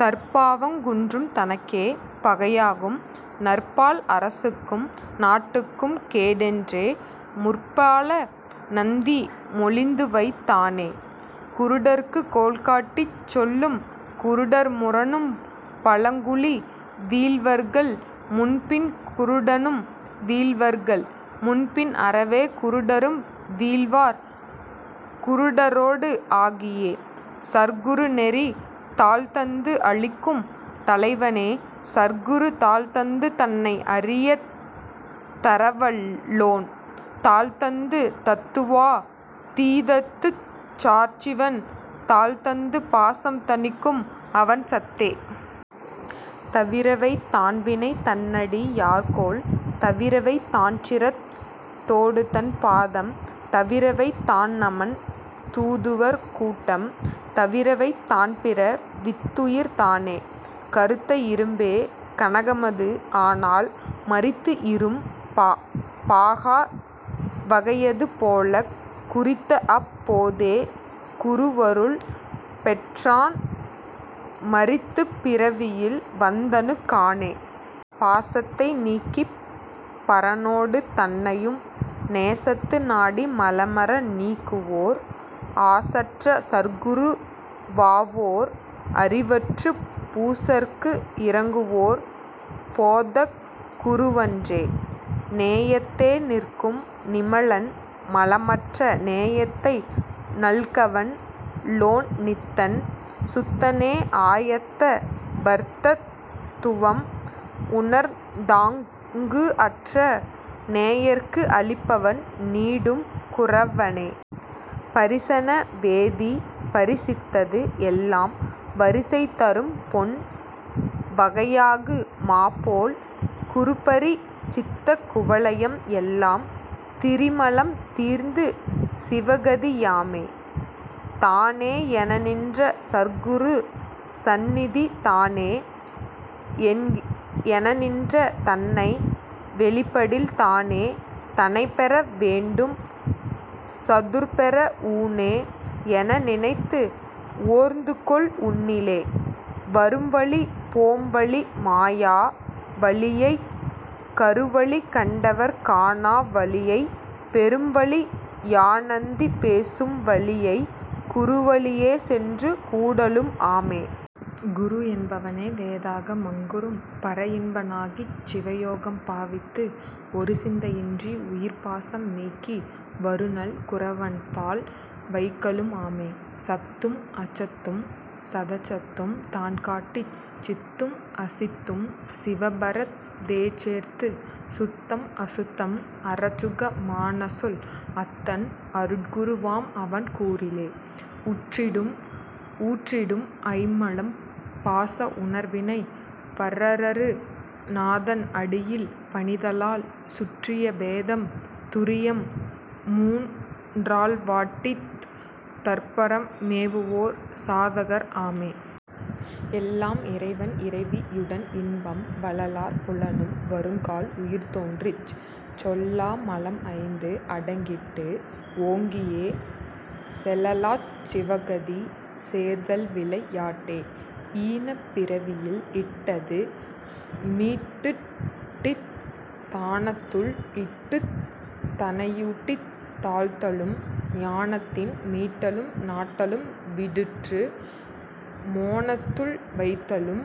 தற்பாவங் குன்றும் தனக்கே பகையாகும் நற்பால் அரசுக்கும் நாட்டுக்கும் கேடென்றே முற்பால நந்தி மொழிந்துவைத் தானே. குருடர்க்குக் கோல்காட்டிச் சொல்லும் குருடர் முரணும் பழங்குழி வீழ்வர்கள் முன்பின் குருடனும் வீழ்வர்கள் முன்பின் அறவே குருடரும் வீழ்வார் குருடரோடு ஆகியே.. சற்குரு நெறி தாள்தந்து அளிக்கும் தலைவனே சற்குரு தாள்தந்து தன்னை அறியத் தரவல்லோன் தாள்தந்து தத்துவா தீதத்துச் சார்சிவன் தாள்தந்து பாசம் தணிக்கும் அவன்சத்தே. தவிரவைத் தான்வினை தன்னடி யார்கோள் தவிரவைத் தான்சிரத் தோடுதன் பாதம் தவிரவைத் தான்நமன் தூதுவர் கூட்டம் தவிரவைத் தான் பிற வித்துயர் தானே. கறுத்த இரும்பே கனகமது ஆனால் மறித்துஇரும் பாகா வகையது போலக் குறித்தஅப் போதே குருவருள் பெற்றான் மறித்துப் பிறவியல் வந்தணு கானே. பாசத்தை நீக்கிப் பரனோடு தன்னையும் நேசத்து நாடி மலமற நீக்குவோர் ஆசற்ற சற்குரு வாவோர் அறிவற்றுப் பூசற்கு இரங்குவோர் போதக் குருவன்றே. நேயத்தே நிற்கும் நிமலன் மலமற்ற நேயத்தை நல்கவல் லோன்நித்தன் சுத்தனே ஆயத்த வர்தத் துவம் உணர்ந் தாங்குஅற்ற நேயர்க்கு அளிப்பவன் நீடும் குரவனே. பரிசன வேதி பரிசித்தது எல்லாம் வரிசை தரும்பொன் வகையாகு மாபோல் குருபரி சித்த குவலயம் எல்லாம் திரிமலம் தீர்ந்து சிவகதி யாமே. தானே எனநின்ற சற்குரு சந்நிதி தானே எனநின்ற தன்மை வெளிப்படில் தானே தனைப்பெற வேண்டும் சதுர்பெற ஊனே எனநினைத்து ஓர்ந்துகொள் உன்னிலே. வரும்வழி போம்வழி மாயா வழியைக் கருவழி கண்டவர் காணா வழியைக் பெரும்வழி யாநந்தி பேசும் வழியைக் குருவழியே சென்று கூடலும் ஆமே. குருஎன் பவனே வேதாக மங்கூறும் பரஇன்ப னாகிச் சிவயோகம் பாவித்து ஒருசிந்தை யின்றி உயிர்பாசம் நீக்கி வருநல் குரவன்பால் வைக்கலும் ஆமே. சத்தும் அசத்தும் சதசத்தும் தான்காட்டிச் சித்தும் அசித்தும் சிவபரத் தேசேர்த்துச் சுத்தம் அசுத்தம் அறச்சுக மானசொல் அத்தன் அருட்குரு வாம்அவன் கூறிலே. ஊற்றிடும் ஐம்மலம் பாச உணர்வினை பறறறு நாதன் அடியில் பணிதலால் சுற்றிய பேதம் துரியம் மூன் றால்வாட்டித் தற்பரம் மேவுவோர் சாதகர் ஆமே. எல்லாம் இறைவன் இறைவி யுடன்இன்பம் வலலார் புலனும் வருங்கால் உயிர்தோன்றிச் சொல்லா மலம்ஐந்து அடங்கிட்டு ஓங்கியே செலலாச் சிவகதி சேர்தல்விளை யாட்டே. ஈனப் பிறவியில் இட்டது மீட்டுட்டித் தானத்துள் இட்டுத் தனையூட்டித் தாழ்த்தலும் ஞானத்தின் மீட்டலும் நாட்டலும் விடுற்று மோனத்துள் வைத்தலும்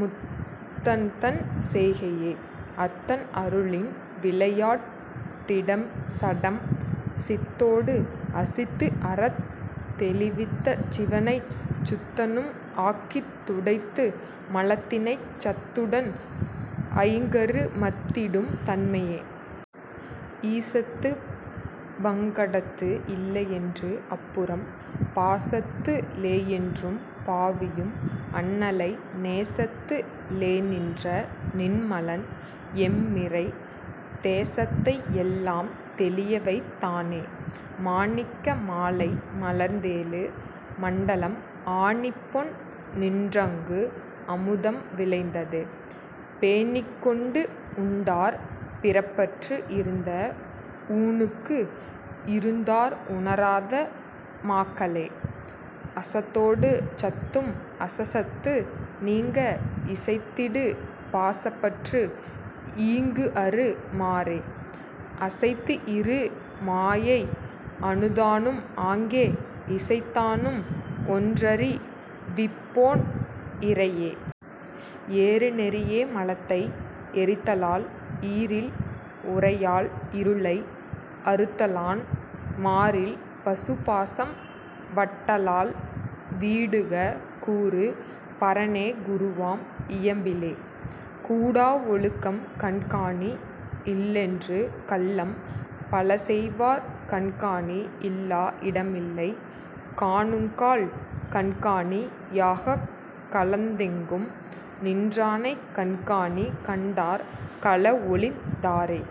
முத்தன்தன் செய்கையே. அத்தன் அருளின் விளையாட் டிடம்சடம் சித்தொடு அசித்துஅறத் தெளிவித்த சிவனைச் சுத்தனும் ஆக்கித் துடைத்து மலத்தினைச் சத்துடன் ஐங்கரு மத்திடும் தன்மையே. ஈசத்து வங்கடத்து இல்லையென்று அப்புறம் பாசத்து ளேயென்றும் பாவியும் அண்ணலை நேசத்து ளேநின்ற நின்மலன் எம்மிறை தேசத்தை எல்லாம் தெளியவைத் தானே. மாணிக்க மாலை மலர்ந்தெழு மண்டலம் ஆணிப்பொன் நின்றங்கு அமுதம் விளைந்தது பேணிக்கொண்டு உண்டார் பிறப்பற்று இருந்த ஊனுக்கு இருந்தார் உணராத மாக்களே. அசத்தொடு சத்தும் அசத்சத்து நீங்க இசைத்திடு பாசப்பற்று ஈங்குஅறு மாறே அசைத்துஇரு மாயை அனுத்தானும் ஆங்கே இசைத்தானும் ஒன்றறி விப்போன் இறையே. ஏறு நெறியே மலத்தை எரித்தலால் ஈறில் உரையால் இருளை அறுத்தலான் மாறில் பசுபாசம் வட்டலால் வீடுக கூறு பரனே குருவாம் இயம்பிலே.. கூடா ஒழுக்கம் கண்காணி இல்லென்று கள்ளம் பலசெய்வார் கண்காணி இல்லா இடமில்லை காணுங்கால் கண்காணி யாகக் கலந்தெங்கும் நின்றானைக் கண்காணி கண்டார் களஒழிந் தாரே.